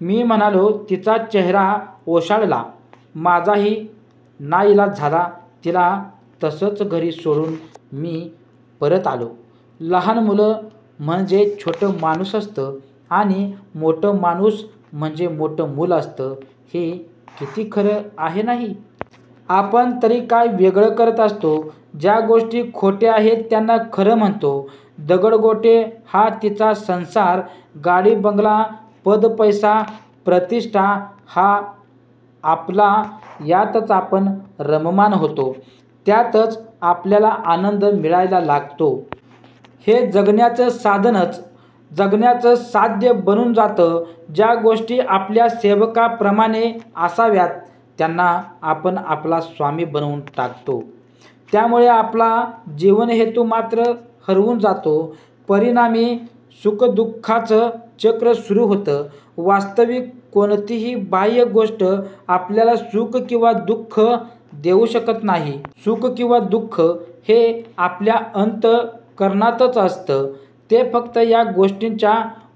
मी म्हणालो. तिचा चेहरा ओशाळला. माझाही नाईलाज झाला. तिला तसंच घरी सोडून, मी परत आलो. लहान मूल म्हणजे छोटं माणूस असतं आणि मोठं माणूस म्हणजे मोठं मूल असतं. हे किती खरं आहे नाही? आपण तरी काय वेगळं करत असतो? ज्या गोष्टी खोट्या आहेत त्यांना खरं म्हणतो. दगडगोटे हा तिचा संसार. गाडी, बंगला, पद, पैसा, प्रतिष्ठा हा आपला! यातच आपण रममाण होतो. त्यातच आपल्याला आनंद मिळायला लागतो. हे जगण्याचं साधनच जगण्याचं साध्य बनून जातं. ज्या गोष्टी आपल्या सेवकाप्रमाणे असाव्यात त्यांना आपण आपला स्वामी बनवून टाकतो. त्यामुळे आपला जीवनहेतू मात्र हरवून जातो. परिणामी सुखदु:खाचं चक्र सुरू होतं. वास्तविक कोणतीही बाह्य गोष्ट आपल्याला सुख किंवा दुःख देऊ शकत नाही. सुख किंवा दुःख हे आपल्या अंत:करणातच असतं. ते फक्त या गोष्टींच्या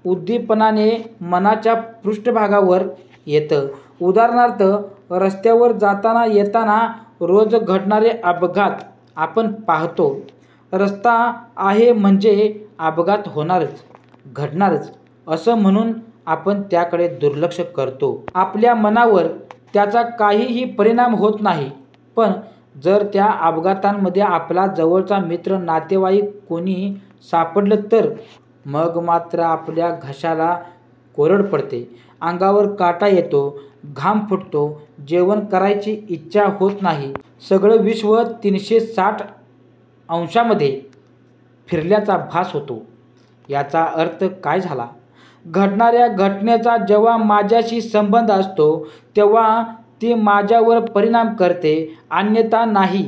उद्दीपनाने मनाच्या पृष्ठभागावर येतं. उदाहरणार्थ, रस्त्यावर जाताना येताना रोज घडणारे अपघात आपण पाहतो. रस्ता आहे म्हणजे अपघात होणारच, घडणारच असं म्हणून आपण त्याकडे दुर्लक्ष करतो. आपल्या मनावर त्याचा काहीही परिणाम होत नाही, पण जर त्या अपघातांमध्ये आपला जवळचा मित्र, नातेवाईक कुणी सापडलं तर? मग मात्र आपल्या घशाला कोरड पडते. अंगावर काटा येतो. घाम फुटतो. जेवण करायची इच्छा होत नाही. सगळं विश्व तीनशे साठ अंशामध्ये फिरल्याचा भास होतो. याचा अर्थ काय झाला? घडणाऱ्या घटनेचा जेव्हा माझ्याशी संबंध असतो तेव्हा ती माझ्यावर परिणाम करते, अन्यथा नाही.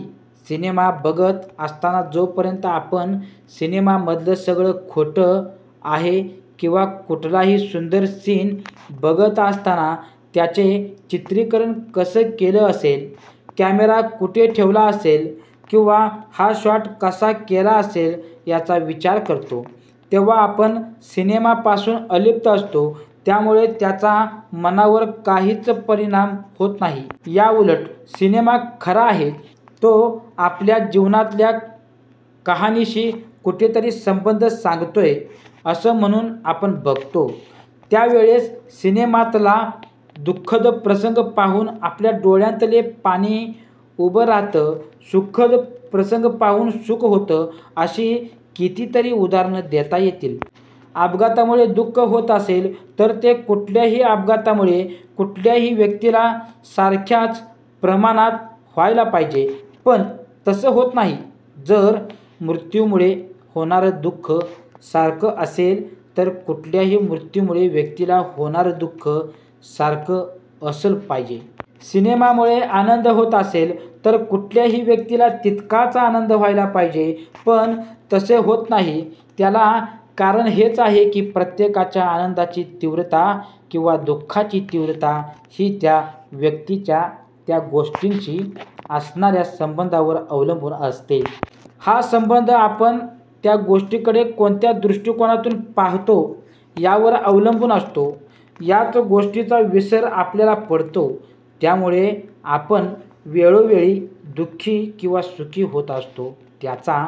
सिनेमा बघत असताना जोपर्यंत आपण सिनेमामधलं सगळं खोटं आहे किंवा कुठलाही सुंदर सीन बघत असताना त्याचे चित्रीकरण कसं केलं असेल, कॅमेरा कुठे ठेवला असेल किंवा हा शॉट कसा केला असेल याचा विचार करतो तेव्हा आपण सिनेमापासून अलिप्त असतो, त्यामुळे त्याचा मनावर काहीच परिणाम होत नाही. याउलट सिनेमा खरा आहे. तो आपल्या जीवनातल्या कहाणीशी कुठेतरी संबंध सांगतोय असं म्हणून आपण बघतो, त्या वेळेस सिनेमातला दुःखद प्रसंग पाहून आपल्या डोळ्यांमध्ये पाणी उभं राहतं. सुखद प्रसंग पाहून सुख होतं. अशी कितीतरी उदाहरणं देता येतील. अपघातामुळे दुःख होत असेल तर ते कुठल्याही अपघातामुळे कुठल्याही व्यक्तीला सारख्याच प्रमाणात व्हायला पाहिजे, पण तसं होत नाही. जर मृत्यूमुळे होणारं दुःख सारखं असेल तर कुठल्याही मृत्यूमुळे व्यक्तीला होणारं दुःख सारखं असलं पाहिजे. सिनेमामुळे आनंद होत असेल तर कुठल्याही व्यक्तीला तितकाच आनंद व्हायला पाहिजे, पण तसे होत नाही, त्याला कारण हेच आहे की प्रत्येकाच्या आनंदाची तीव्रता किंवा दुःखाची तीव्रता ही त्या व्यक्तीच्या त्या गोष्टीशी असणाऱ्या संबंधावर अवलंबून असते. हा संबंध आपण त्या गोष्टीकडे कोणत्या दृष्टीकोनातून पाहतो यावर अवलंबून असतो. याच गोष्टीचा विसर आपल्याला पडतो. त्यामुळे आपण वेळोवेळी दुःखी किंवा सुखी होत असतो. त्याचा